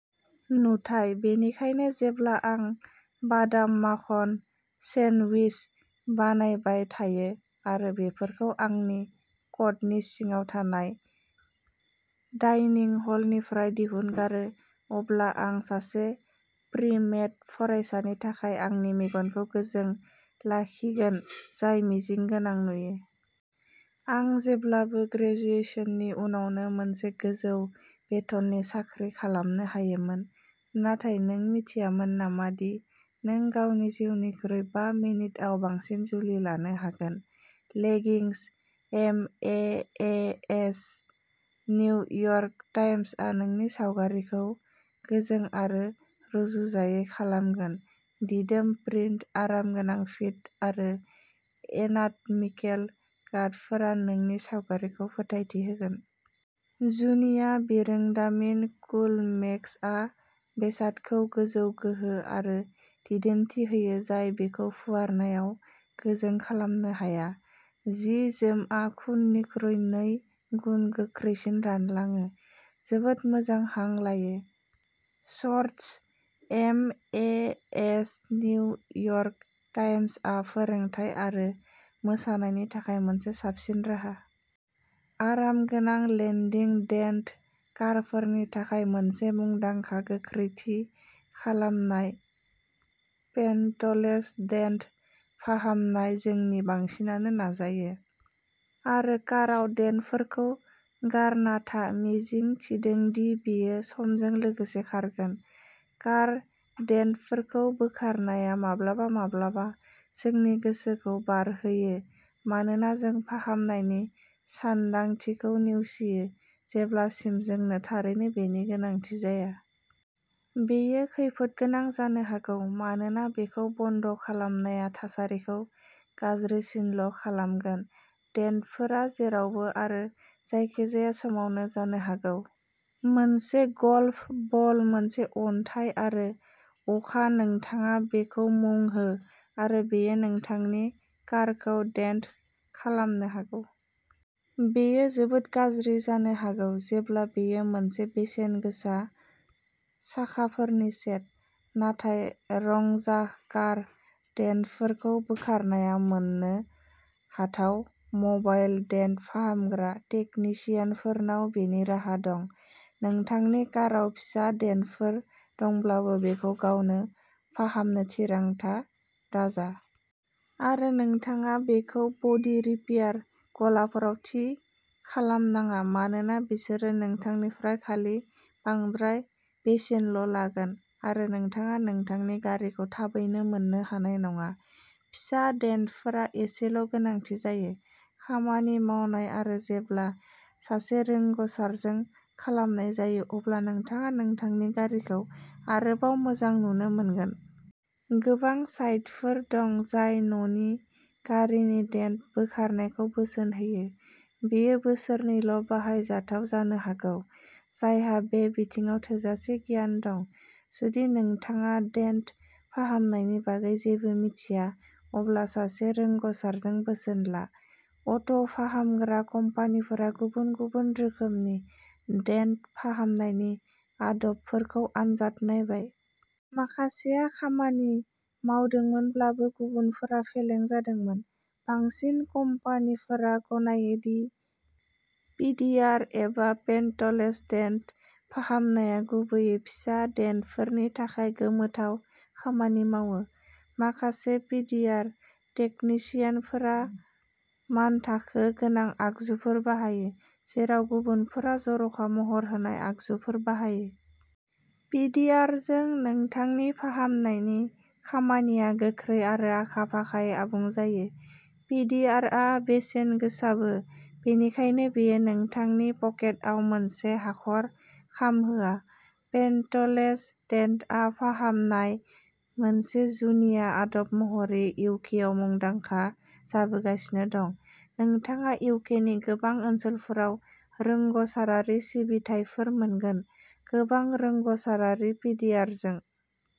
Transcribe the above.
नुथाय। बेनिखायनो जेब्ला आं बादाम माखन सेन्डविच बानायबाय थायो आरो बेफोरखौ आंनि कटनि सिङाव थानाय डाइनिं हलनिफ्राय दिहुनगारो अब्ला आं सासे प्रि मेड फरायसानि थाखाय आंनि मेगनखौ गोजों लाखिगोन जाय मिजिं गोनां नुयो। आं जेब्लाबो ग्रेजुएशननि उनावनो मोनसे गोजौ बेथननि साख्रि खालामनो हायोमोन नाथाय नों मिथियामोन नामा दि नों गावनि जिउनिख्रुइ बा मिनिटआव बांसिन जुलि लानो हागोन? Leggings MAS New York Times आ नोंनि सावगारिखौ गोजों आरो रुजुजायै खालामगोन दिदोम प्रिन्ट आरामगोनां फिट आरो एनाटमिकेल काटफोरा नोंनि सावगारिखौ फोथायथि होगोन। जुनिया बिरोंदामिन कुलमेक्सआ बेसादखौ गोजौ गोहो आरो दिदोमथि होयो जाय बेखौ फुवारनायाव गोजों खालामनो हाया। जि जोमआ खुननिख्रुइ नै गुन गोख्रैसिन रानलाङो जोबोद मोजां हां लायो। Shirts MAS New York Times आ फोरोंथाय आरो मोसानायनि थाखाय मोनसे साबसिन राहा। आरामगोनां लेन्दिं डेन्ट कारफोरनि थाखाय मोनसे मुंदांखा गोख्रै थि खालामनाय पेन्टलेस डेन्ट फाहामनाय जोंनि बांसिनानो नाजायो। आरो काराव डेन्टफोरखौ गारना था मिजिं थिदों दि बेयो समजों लोगोसे खारगोन। कार डेन्टफोरखौ बोखारनाया माब्लाबा-माब्लाबा जोंनि गोसोखौ बारहोयो मानोना जों फाहामनायनि सानदांथिखौ नेवसियो जेब्लासिम जोंनो थारैनो बेनि गोनांथि जाया। बेयो खैफोदगोनां जानो हागौ मानोना बेखौ बन्द खालामनाया थासारिखौ गाज्रिसिनल'खालामगोन। डेन्टफोरा जेरावबो आरो जायखिजाया समावनो जानो हागौ। मोनसे गल्फ बल मोनसे अन्थाइ आरो अखा नोंथाङा बेखौ मुं हो आरो बेयो नोंथांनि कारखौ डेन्ट खालामनो हागौ! बेयो जोबोद गाज्रि जानो हागौ जेब्ला बेयो मोनसे बेसेन गोसा साखाफोरनि सेट। नाथाय रंजाह कार डेन्टफोरखौ बोखारनाया मोननो हाथाव, मबाइल डेन्ट फाहामग्रा टेकनिशियानफोरनाव बेनि राहा दं। नोंथांनि काराव फिसा डेन्टफोर दंब्लाबो बेखौ गावनो फाहामनो थिरांथा दाजा। आरो नोंथाङा बेखौ बडी रिपेयार गलाफोराव थि खालाम नाङा मानोना बिसोरो नोंथांनिफ्राय खालि बांद्राय बेसेनल'लागोन आरो नोंथाङा नोंथांनि गारिखौ थाबैनो मोननो हानाय नङा। फिसा डेन्टफोरा एसेल'गोनांथि जायो। खामानि मावनाय आरो जेब्ला सासे रोंग'सारजों खालामनाय जायो, अब्ला नोंथाङा नोंथांनि गारिखौ आरोबाव मोजां नुनो मोनगोन। गोबां साइटफोर दं जाय न'नि गारिनि डेन्ट बोखारनायखौ बोसोन होयो, बेयो बैसोरनोल'बाहायजाथाव जानो हागौ जायहा बे बिथिङाव थोजासे गियान दं। जुदि नोंथाङा डेन्ट फाहामनायनि बागै जेबो मिथिया अब्ला सासे रोंग'सारजों बोसोन ला। अट'फाहामग्रा कम्पानिफोरा गुबुन-गुबुन रोखोमनि डेन्ट फाहामनायनि आदबफोरखौ आनजाद नायबाय। माखासेया खामानि मावदोंमोनब्लाबो, गुबुनफोरा फेलें जादोंमोन। बांसिन कम्पानिफोरा गनायो दि पिडिआर एबा पेन्टलेस डेन्ट फाहामनाया गुबैयै फिसा डेन्टफोरनि थाखाय गोमोथाव खामानि मावो। माखासे पिडिआर टेकनिशियानफोरा मानथाखो गोनां आगजुफोर बाहायो जेराव गुबुनफोरा जर'खा महर होनाय आगजुफोर बाहायो। पिडिआरजों नोंथांनि फाहामनायनि खामानिया गोख्रै आरो आखा फाखायै आबुं जायो। पिडिआरआ बेसेनगोसाबो बेनिखायनो बेयो नोंथांनि पकेटआव मोनसे हाखर खामहोआ। पेन्टलेस डेन्ट फाहामनाय, मोनसे जुनिया आदब महरै इउकेआव मुंदांखा जाबोगासिनो दं। नोंथाङा इउकेनि गोबां ओनसोलफोराव रोंग'सारारि सिबिथाइफोर मोनगोन। गोबां रोंग'सारारि पिडिआरजों।